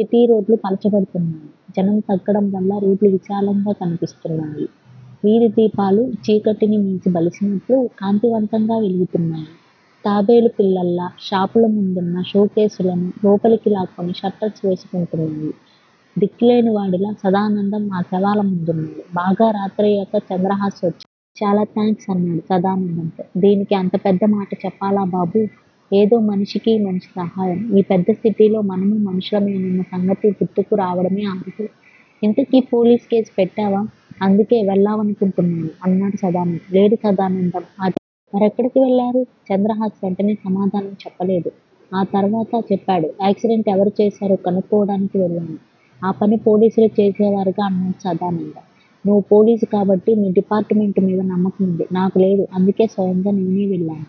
సిటీరోడ్లు పలచబడుతున్నాయి. జనం తగ్గడం వల్ల రోడ్లు విశాలంగా కనిపిస్తున్నాయి. వీధి దీపాలు చీకటిని మేసి బలిసినట్లు కాంతివంతంగా వెలుగుతున్నాయి. తాబేలు పిల్లల్లా షాప్ ల ముందున్న షోకేసులను లోపలికి లాక్కుని షట్టర్స్ వేసుకుంటున్నాయి. దిక్కులేనివాడిలా సదానందం ఆ శవాల ముందున్నాడు. బాగా రాత్రయ్యాక చంద్రహాస్ వచ్చాడు. చాలా థాంక్స్ అన్నాడు సదానందంతో. దీనికి అంత పెద్ద మాట చెప్పాలా బాబూ! ఏదో మనిషికి మనిషి సహాయం. ఈ పెద్ద సిటీలో మనమూ మనుషుల మేనన్న సంగతి గుర్తుకు రావడమే అరుదు. ఇంతకీ పోలీస్ కేసు పెట్టావా? అందుకే వెళ్ళావనుకుంటున్నాను అన్నాడు సదానందం. లేదు సదానందం ఆశ్చర్యపోయాడు. మరెక్కడికి వెళ్ళారు? చంద్రహాస్ వెంటనే సమాధానం చెప్పలేదు. ఆ తరువాత చెప్పాడు. యాక్సిడెంట్ ఎవరు చేశారో కనుక్కోవడానికి వెళ్ళాను. ఆ పని పోలీసులు చేసేవారుగా అన్నాడు సదానందం. నువ్వు పోలీసు కాబట్టి మీ డిపార్ట్ మెంట్ మీద నమ్మకముంది. నాకు లేదు అందుకే స్వయంగా నేనే వెళ్ళాను.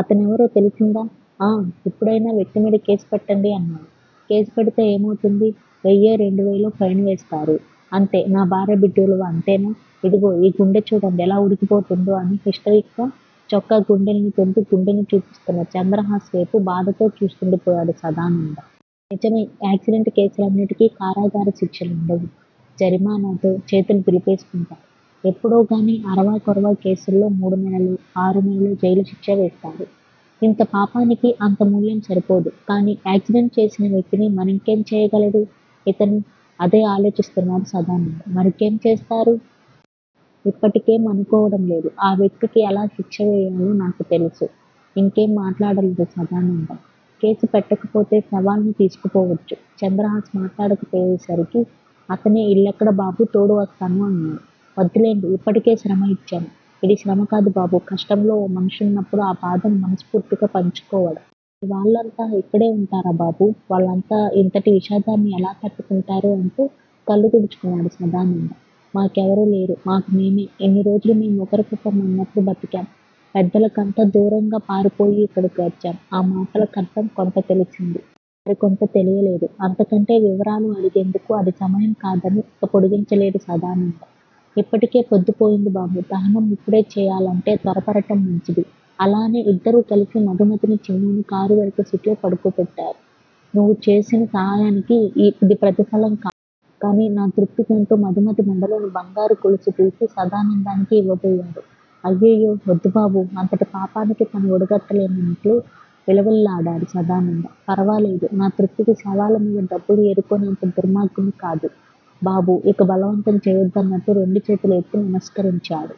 అతనెవరో తెలిసిందా? ఆఁ ఇప్పుడయినా ఆ వ్యక్తిమీద కేసు పెట్టండి అన్నాడు. కేసు పెడితే ఏమౌతుంది? వెయ్యో రెండువేలో ఫైన్ వేస్తారు అంతే నా భార్యా బిడ్డ విలువ అంతేనా. ఇదిగో ఈ గుండె చూడండి ఎలా ఉడికిపోతుందో అని హిస్టీరిక్ గా చొక్కా గుండీల్ని తెంపి గుండెను చూపిస్తున్న చంద్రహాస్ వేపు బాధతో చూస్తుండిపోయాడు సదానందం. నిజమే- యాక్సిడెంట్ కేసులన్నిటికీ కారాగార శిక్షలుండవు. జరిమానాతో చేతులు దులిపేసుకుంటారు. ఎప్పుడోగానీ- అరవా కొరవా కేసుల్లో మూడు నెలలో, ఆరునెలలో జైలుశిక్ష వేస్తారు. ఇంత పాపానికి అంత మూల్యం సరిపోదు. కానీ యాక్సిడెంట్ చేసిన వ్యక్తిని మరింకేం చేయగలడు ఇతను. అదే ఆలోచిస్తున్నాడు సదానందం. మరింకేం చేస్తారు? ఇప్పటికేం అనుకోవడం లేదు. ఆ వ్యక్తికి ఎలా శిక్ష వేయాలో నాకు తెలుసు. ఇంకేం మాట్లాడలేదు సదానందం. కేసు పెట్టకపోతే శవాల్ని తీసుకుపోవచ్చు. చంద్రహాస్ మాట్లాడకపోయేసరికి అతనే ఇల్లెక్కడ బాబూ తోడు వస్తాను అన్నాడు. వద్దులెండి ఇప్పటికే శ్రమ ఇచ్చాను. ఇది శ్రమ కాదు బాబూ కష్టంలో ఓ మనుషున్నప్పుడు ఆ బాధను మనస్ఫూర్తిగా పంచుకోవడం. మీ వాళ్ళంతా ఇక్కడే వుంటారా బాబూ వాళ్ళంతా ఇంతటి విషాదాన్ని ఎలా తట్టుకుంటారో అంటూ కళ్ళు తుడుచుకున్నాడు సదానందం. మా కెవరూ లేరు. మాకు మేమే. ఇన్ని రోజులూ మేం ఒకరికొకరు అన్నట్లు బతికాం పెద్దలకంతా దూరంగా పారిపోయి ఇక్కడికి వచ్చాం. ఆ మాటల కర్థం కొంత తెలిసింది. మరికొంత తెలియలేదు అంతకంటే వివరాలు అడిగేందుకు అది సమయం కాదని ఇక పొడిగించలేదు సదానందం. ఇప్పటికే పొద్దుపోయింది బాబూ. దహనం ఇప్పుడే చేయాలంటే త్వరపడడం మంచిది అలానే ఇద్దరూ కలిసి మధుమతిని చిన్నూను కారు వెనక సీట్లో పడుకోబెట్టారు. నువ్వు చేసిన సాయానికి ఇది ప్రతిఫలం కాదు. కానీ నా తృప్తికి అంటూ మధుమతి మెడలోని బంగారు గొలుసుతీసి సదానందానికి ఇవ్వబోయాడు. అయ్యొయ్యో వద్దు బాబూ అంతటి పాపానికి తను ఒడిగట్టలేనట్లు విలవిల్లాడాడు సదానందం. ఫరవాలేదు నా తృప్తికి శవాలమీద డబ్బులు ఏరుకునేంత దుర్మార్గుడ్ని కాదు బాబూ ఇక బలవంతం చేయద్దన్నట్టు రెండు చేతులూ ఎత్తి నమస్కరించాడు.